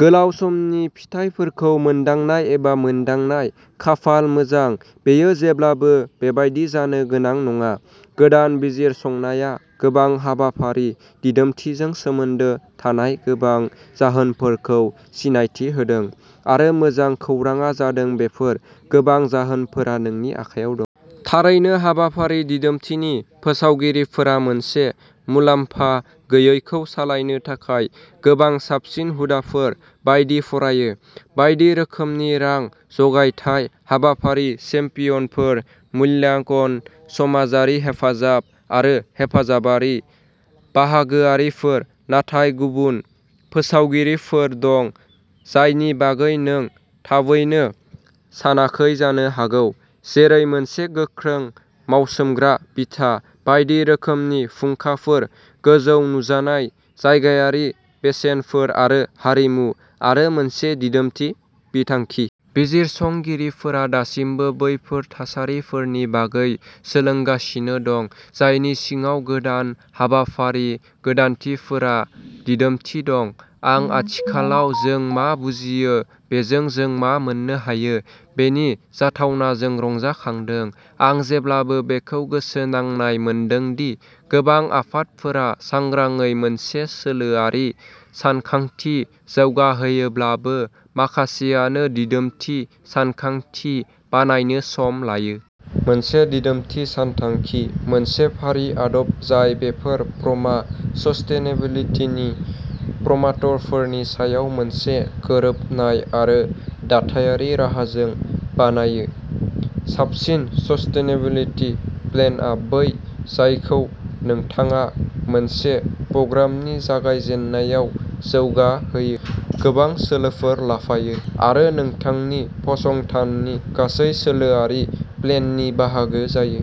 गोलाव समनि फिथाइफोरखौ मोनदांनाय एबा मोनदांनाय। खाफाल मोजां, बेयो जेब्लाबो बेबायदि जानो गोनां नङा। गोदान बिजिरसंनाया गोबां हाबाफारि दिदोमथिजों सोमोन्दो थानाय गोबां जाहोनफोरखौ सिनायथि होदों, आरो मोजां खौरांआ जादों बेफोर गोबां जाहोनफोरा नोंनि आखायाव दं। थारैनो, हाबाफारि दिदोमथिनि फोसावगिरिफोरा मोनसे मुलाम्फा-गैयैखौ सालायनो थाखाय गोबां साबसिन हुदाफोर बायदि फरायोः बायदि रोखोमनि रां-जगायथाय, हाबाफारि चेम्पियनफोर, मूल्याङ्कन, समाजारि हेफाजाब, आरो हेफाजाबारि बाहागोआरिफोर। नाथाय गुबुन फोसावगिरिफोर दं जायनि बागै नों थाबैनो सानाखै जानो हागौ, जेरै मोनसे गोख्रों मावसोमग्रा बिथा, बायदि रोखोमनि फुंखाफोर, गोजौ नुजानाय, जायगायारि बेसेनफोर आरो हारिमु, आरो मोनसे दिदोमथि बिथांखि। बिजिरसंगिरिफोरा दासिमबो बैफोर थासारिफोरनि बागै सोलोंगासिनो दं जायनि सिङाव गोदान हाबाफारि गोदानथिफोरा दिदोमथि दं, आं आथिखालाव जों मा बुजियो बेजों जों मा मोन्नो हायो बेनि जाथावनाजों रंजाखांदों। आं जेब्लाबो बेखौ गोसोनांनाय मोनदों दि गोबां आफादफोरा सांग्राङै मोनसे सोलोआरि सानथांखि जौगाहोयोब्लाबो, माखासेआनो दिदोमथि सानखांथि बानायनो सम लायो। मोनसे दिदोमथि सानथांखि। मोनसे फारि आदब जाय बेफोर प्र'मा सस्टेनेबिलिटिनि प्र'माटरफोरनि सायाव मोनसे गोरोबनाय आरो दाथायारि राहाजों बानायो। साबसिन सस्टेनेबिलिटि प्लेनआ बै जायखौ नोंथाङा मोनसे प्र'ग्रामनि जागायजेन्नायाव जौगाहोयो, गोबां सोलोफोर लाफायो, आरो नोंथांनि फसंथाननि गासै सोलोआरि प्लेननि बाहागो जायो।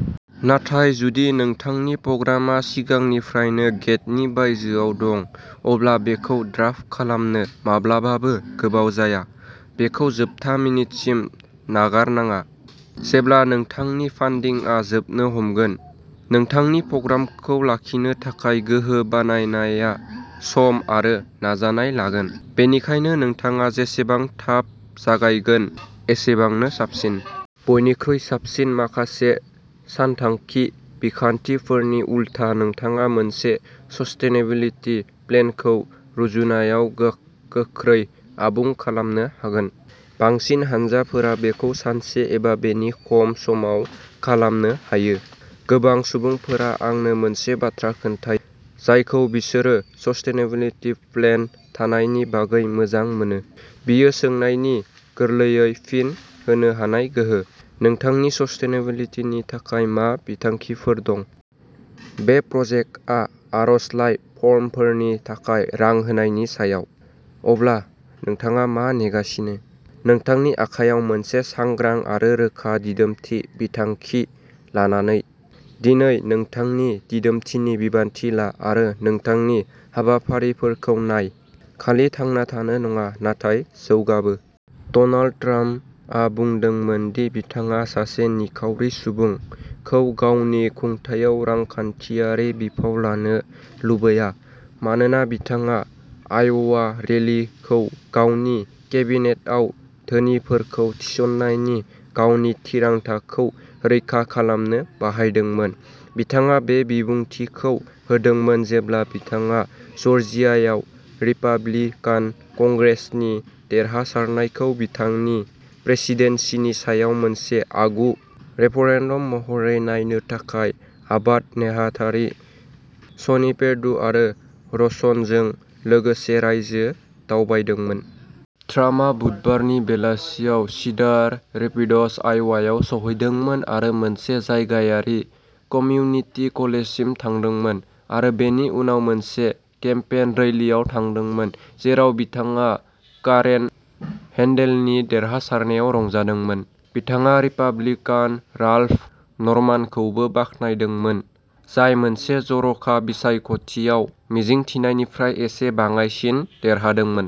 नाथाय जुदि नोंथांनि प्र'ग्रामआ सिगांनिफ्रायनो गेटनि बायजोआव दं, अब्ला बेखौ ड्राफ्ट खालामनो माब्लाबाबो गोबाव जाया। बेखौ जोबथा मिनिटसिम नागारनाङा जेब्ला नोंथांनि फान्डिंआ जोबनो हमगोन। नोंथांनि प्र'ग्रामखौ लाखिनो थाखाय गोहो बानायनाया सम आरो नाजानाय लागोन, बेनिखायनो नोंथाङा जेसेबां थाब जागायगोन, एसेबांनो साबसिन। बयनिख्रुइ साबसिन, माखासे सानथांखि बिखान्थिफोरनि उलथा, नोंथाङा मोनसे सस्टेनेबिलिटि प्लेनखौ रुजुनायाव गो गोख्रै आबुं खालामनो हागोन। बांसिन हानजाफोरा बेखौ सानसे एबा बेनि खम समाव खालामनो हायो। गोबां सुबुंफोरा आंनो मोनसे बाथ्रा खोन्थायो जायखौ बिसोरो सस्टेनेबिलिटि प्लेन थानायनि बागै मोजां मोनो, बियो सोंनायनि गोरलैयै फिन होनो हानाय गोहो, "नोंथांनि सस्टेनेबिलिटिनि थाखाय मा बिथांखिफोर दं?" बे प्रजेक्टआ?, "आर'जलाइ फर्मफोरनि थाखाय रां होनायनि सायाव। अब्ला, नोंथाङा मा नेगासिनो? नोंथांनि आखायाव मोनसे सांग्रां आरो रोखा दिदोमथि बिथांखि लानानै, दिनै नोंथांनि दिदोमथिनि बिबान ला आरो नोंथांनि हाबाफारिफोरखौ नाय, खालि थांना थानो नङा, नाथाय जौगाबो! डनाल्ड ट्राम्पआ बुंदोंमोनदि बिथाङा" सासे निखावरि सुबुं "खौ गावनि खुंथायाव रांखान्थियारि बिफाव लानो लुबैया, मानोना बिथाङा आय'वा रेलीखौ गावनि केबिनेटआव धोनिफोरखौ थिसननायनि गावनि थिरांथाखौ रैखा खालामनो बाहायदोंमोन। बिथाङा बे बिबुंथिफोरखौ होदोंमोन जेब्ला बिथाङा जर्जियायाव रिपाब्लिकान कंग्रेसनि देरहासारनायखौ बिथांनि प्रेसिडेन्सिनि सायाव मोनसे आगु रेफरेन्डम महरै नायनो थाखाय आबाद नेहाथारि सनी पेरडु आरो रसनजों लोगोसे रायजो दावबायदोंमोन। ट्राम्पआ बुधबारनि बेलासियाव सिडार रेपिड्स, आय'वायाव सौहैदोंमोन आरो मोनसे जायगायारि कम्युनिटि कलेजसिम थांदोंमोन आरो बेनि उनाव मोनसे केम्पेन रैलीआव थांदोंमोन जेराव बिथाङा कारेन हेन्डेलनि देरहासारनायाव रंजादोंमोन। बिथाङा रिपाब्लिकान राल्फ नरमानखौबो बाख्नायदोंमोन, जाय मोनसे जर'खा बिसायख'थियाव मिजिंथिनायनिफ्राय एसे बाङाइसिन देरहादोंमोन।